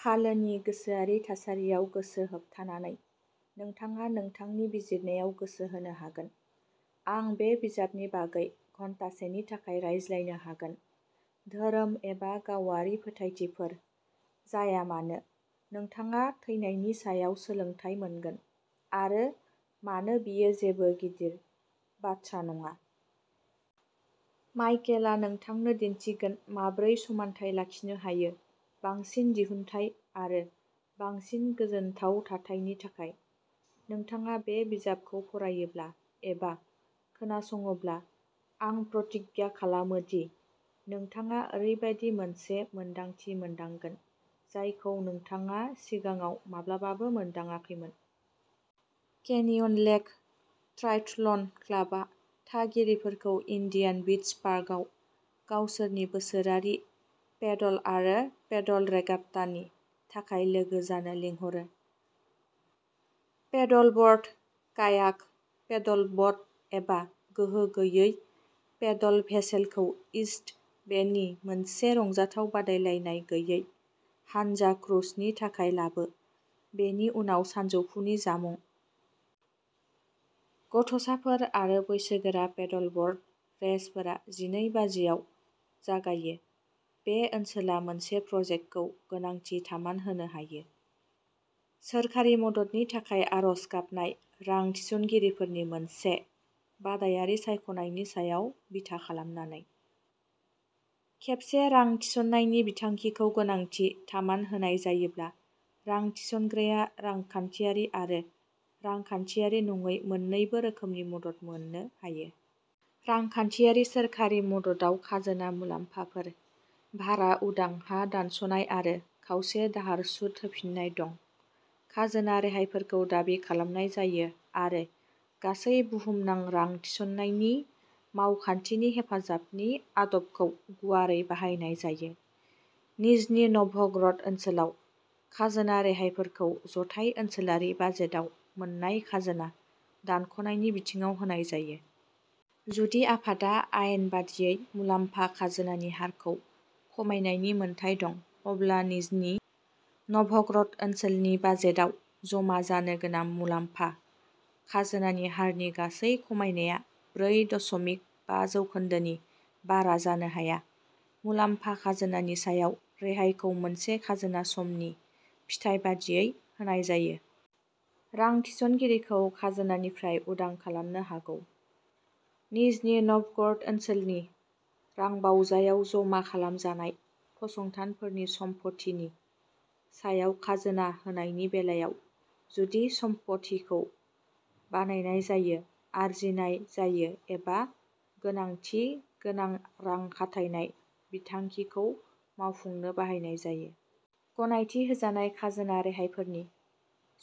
फालोनि गोसोआरि थासारियाव गोसो होथाबनानै, नोंथाङा नोंथांनि बिजिरनायाव गोसो होनो हागोन। आं बे बिजाबनि बागै घन्टासेनि थाखाय रायज्लायनो हागोन। धोरोम एबा गावारि फोथायथिफोर जाया मानो, नोंथाङा थैनायनि सायाव सोलोंथाय मोनगोन, आरो मानो बेयो जेबो गिदिर बाथ्रा नङा। माइकेलआ नोंथांनो दिन्थिगोन माबोरै समानथाय लाखिनो हायो, बांसिन दिहुनथाइ आरो बांसिन गोजोनथाव थाथायनि थाखाय। नोंथाङा बे बिजाबखौ फरायोब्ला एबा खोनासङोब्ला आं प्रतिज्ञा खालामो दि नोंथाङा ओरैबायदि मोनसे मोनदांथि मोनदांगोन जायखौ नोंथाङा सिगाङाव माब्लाबाबो मोनदांआखैमोन। केनियन लेक ट्रायथल'न क्लाबआ थागिरिफोरखौ इन्डियान बीच पार्कआव गावसोरनि बोसोरारि पेडल आरो पेडल रेगाट्टानि थाखाय लोगो जानो लिंहरो। पैडलब'र्ड, कायाक, पैडल बट, एबा गोहो गैयै पैडल भेसेलखौ इस्ट बेनि मोनसे रंजाथाव बादायलायनाय गैयै हानजा क्रुजनि थाखाय लाबो, बेनि उनाव सानजौफुनि जामुं। गथ'साफोर आरो बैसोगोरा पैडलब'र्ड रेसफोरा जिनै बाजिआव जागायो। बे ओनसोला मोनसे प्रजेक्टखौ गोनांथि थामान होनो हायो। सोरखारि मददनि थाखाय आर'ज गाबनाय रां थिसनगिरिफोरनि मोनसे बादायारि सायख'नायनि सायाव बिथा खालामनानै। खेबसे रां थिसननायनि बिथांखिखौ गोनांथि थामान होनाय जायोब्ला, रां थिसनग्राया रांखान्थियारि आरो रांखान्थियारि नङै मोन्नैबो रोखोमनि मदद मोननो हायो। रांखान्थियारि सोरखारि मददाव खाजोना मुलाम्फाफोर, भारा उदां हा दानस'नाय आरो खावसे दाहार सुद होफिननाय दं। खाजोना रेहायफोरखौ दाबि खालामनाय जायो आरो गासै बुहुमनां रां थिसननायनि मावखान्थिनि हेफाजाबनि आदबखौ गुवारै बाहायनाय जायो। निजनी न'भगर'ड ओनसोलाव खाजोना रेहायफोरखौ जथाय ओनसोलारि बाजेटआव मोन्नाय खाजोना दानख'नायनि बिथिङाव होनाय जायो। जुदि आफादा आयेन बायदियै मुलाम्फा खाजोनानि हारखौ खमायनायनि मोनथाय दं, अब्ला निजनी न'भगर'ड ओनसोलनि बाजेटआव जमा जानो गोनां मुलाम्फा खाजोनानि हारनि गासै खमायनाया ब्रै दशमिक बा जौखोन्दोनि बारा जानो हाया। मुलाम्फा खाजोनानि सायाव रेहायखौ मोनसे खाजोना समनि फिथाय बायदियै होनाय जायो। रां थिसनगिरिखौ खाजोनानिफ्राय उदां खालामनो हागौ। निजनी नभगोरद ओनसोलनि रांबावजायाव जमा खालामजानाय फसंथानफोरनि सम्पथिनि सायाव खाजोना होनायनि बेलायाव, जुदि सम्पथिखौ बानायनाय जायो, आरजिनाय जायो एबा गोनांथि गोनां रां खाथायनाय बिथांखिखौ मावफुंनो बाहायनाय जायो। गनायथि होजानाय खाजोना रेहायफोरनि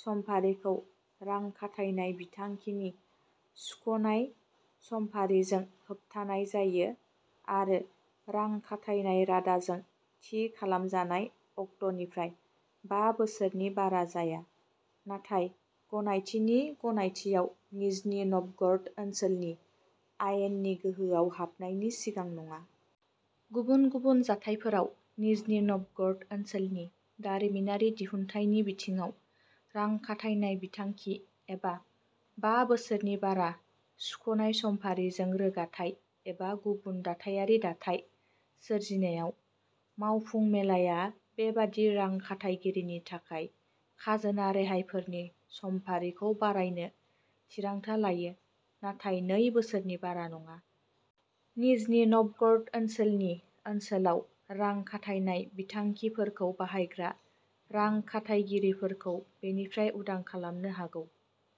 समफारिखौ रां खाथायनाय बिथांखिनि सुख'नाय समफारिजों होबथानाय जायो आरो रां खाथायनाय रादाजों थि खालामजानाय अक्ट'निफ्राय बा बोसोरनि बारा जाया, नाथाय गनायथिनि गनायथिआव निजनी नभगोरद ओनसोलनि आयेननि गोहोआव हाबनायनि सिगां नङा। गुबुन गुबुन जाथायफोराव, निजनी नभगोरद ओनसोलनि दारिमिनारि दिहुन्थाइनि बिथिङाव रां खाथायनाय बिथांखि एबा बा बोसोरनि बारा सुख'नाय समफारिजों रोगाथाइ एबा गुबुन दाथायारि दाथाय सोरजिनायाव, मावफुं मेलाया बेबादि रां खाथायगिरिनि थाखाय खाजोना रेहायफोरनि समफारिखौ बारायनो थिरांथा लायो, नाथाय नै बोसोरनि बारा नङा। निजनी नभगोरद ओनसोलनि ओनसोलाव रां खाथायनाय बिथांखिफोरखौ बाहायग्रा रां खाथायगिरिफोरखौ बेनिफ्राय उदां खालामनो हागौ।